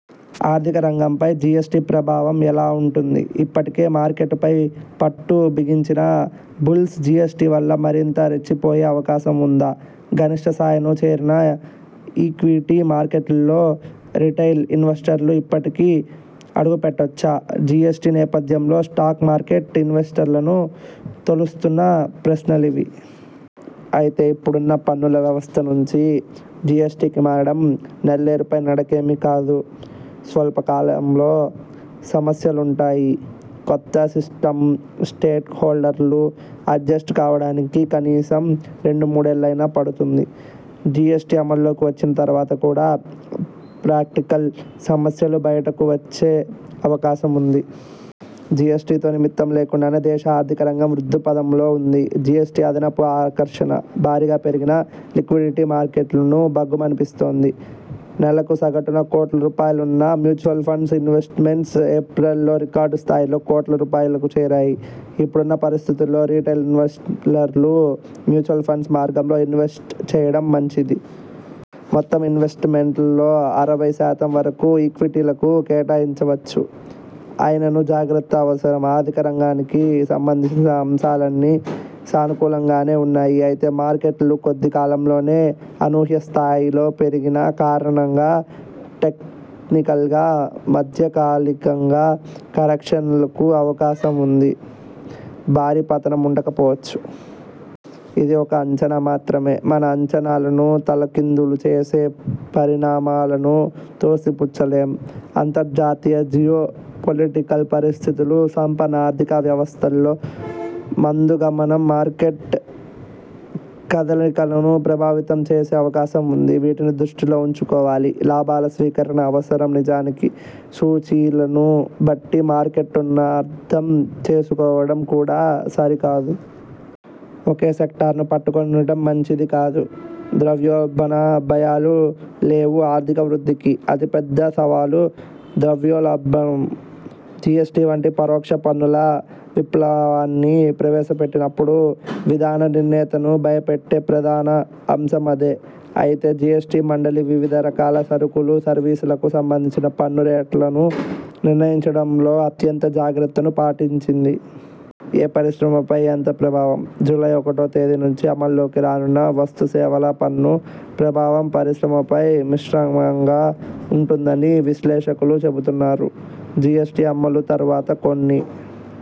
ఆర్థిక రంగంపై జిఎస్టి ప్రభావం ఎలా ఉంటుంది? ఇప్పటికే మార్కెట్ పై పట్టు బిగించిన బుల్స్ జిఎస్టి వల్ల మరింత రెచ్చిపోయే అవకాశం ఉందా? గరిష్ఠ స్థాయిలను చేరిన ఈక్విటీ మార్కెట్లలో రిటైల్ ఇన్వెస్టర్లు ఇప్పటికీ అడుగుపెట్టొచ్చా? జిఎస్టి నేపథ్యంలో స్టాక్ మార్కెట్ ఇన్వెస్టర్లను తొలుస్తున్న ప్రశ్నలివి. అయితే ఇప్పుడున్న పన్నుల వ్యవస్థ నుంచి జిఎ్సటి కి మారడం నల్లేరుపై నడకేమీ కాదు. స్వల్పకాలంలో సమస్యలుంటాయి. కొత్త సిస్టమ్కు స్టేక్ హోల్డర్లందరూ అడ్జెస్ట్ కావడానికి కనీసం రెండు మూడేళ్లయినా పడుతుంది. జిఎ్సటి అమల్లోకి వచ్చిన తర్వాత కూడా ప్రాక్టికల్ సమస్యలు బయటకు వచ్చే అవకాశం ఉంది. జిఎ్సటి తో నిమిత్తం లేకుండానే దేశ ఆర్థిక రంగం వృద్ధిపథంలో ఉంది. జిఎ్సటి అదనపు ఆకర్షణ. భారీగా పెరిగిన లిక్విడిటీ మార్కెట్లను భగ్గుమనిపిస్తోంది. నెలకు సగటున కోట్ల రూపాయలున్న మ్యూచువల్ ఫండ్ ఇన్వెస్ట్ మెంట్స్ ఏప్రిల్లో రికార్డు స్థాయిలో కోట్ల రూపాయలకు చేరాయి. ఇప్పుడున్న పరిస్థితుల్లో రిటైల్ ఇన్వెస్టర్లు మ్యూచువల్ ఫండ్ మార్గంలో ఇన్వెస్ట్ చేయడం మంచిది. మొత్తం ఇన్వెస్ట్ మెంట్లో అరవై శాతం వరకు ఈక్విటీలకు కేటాయించవచ్చు. అయిననూ జాగ్రత్త అవసరం ఆర్థిక రంగానికి సంబంధించిన అంశాలన్నీ సానుకూలంగానే ఉన్నాయి. అయితే మార్కెట్లు కొద్ది కాలంలోనే అనూహ్య స్థాయిలో పెరిగిన కారణంగా టెక్నికల్గా మధ్య కాలికంగా కరెక్షన్స్ కు అవకాశం ఉంది. భారీ పతనం ఉండక పోవచ్చు. ఇది ఒక అంచనా మాత్రమే. మన అంచనాలను తలకిందులు చేసే పరిణామాలను తోసి పుచ్చలేం. అంతర్జాతీయ జియో పొలిటికల్ పరిస్థితులు, సంపన్న ఆర్థిక వ్యవస్థల్లో మంద గమనం మార్కెట్ కదలికలను ప్రభావితం చేసే అవకాశం ఉంది. వీటిని దృష్టిలో ఉంచుకోవాలి. లాభాల స్వీకరణ అవసరం నిజానికి సూచీలను బట్టి మార్కెట్ను అర్ధం చేసుకోవడం కూడా సరికాదు. ఒకే సెక్టార్ను పట్టుకొని ఉండటం మంచిది కాదు. ద్రవ్యోల్బణ భయాలు లేవుఆర్థిక వృద్ధికి అతిపెద్ద సవాలు ద్రవ్యోల్బణం. జిఎ్సటి వంటి పరోక్ష పన్నుల విప్లవాన్ని ప్రవేశపెట్టినప్పుడు విధాన నిర్ణేతను భయపెట్టే ప్రధాన అంశం అదే. అయితే జిఎ్సటి మండలి వివిధ రకాల సరుకులు, సర్వీసులకు సంబంధించి పన్ను రేట్లను నిర్ణయించడంలో అత్యంత జాగ్రత్తను పాటించింది. ఏ పరిశ్రమపై ఎంత ప్రభావం? జూలై ఒకటో తేదీ నుంచి అమల్లోకి రానున్న వస్తు సేవల పన్ను ప్రభావం పరిశ్రమపై మిశ్రమంగా ఉంటుందని విశ్లేషకులు చెబుతున్నారు. జిఎ్సటి అమలు తర్వాత కొన్ని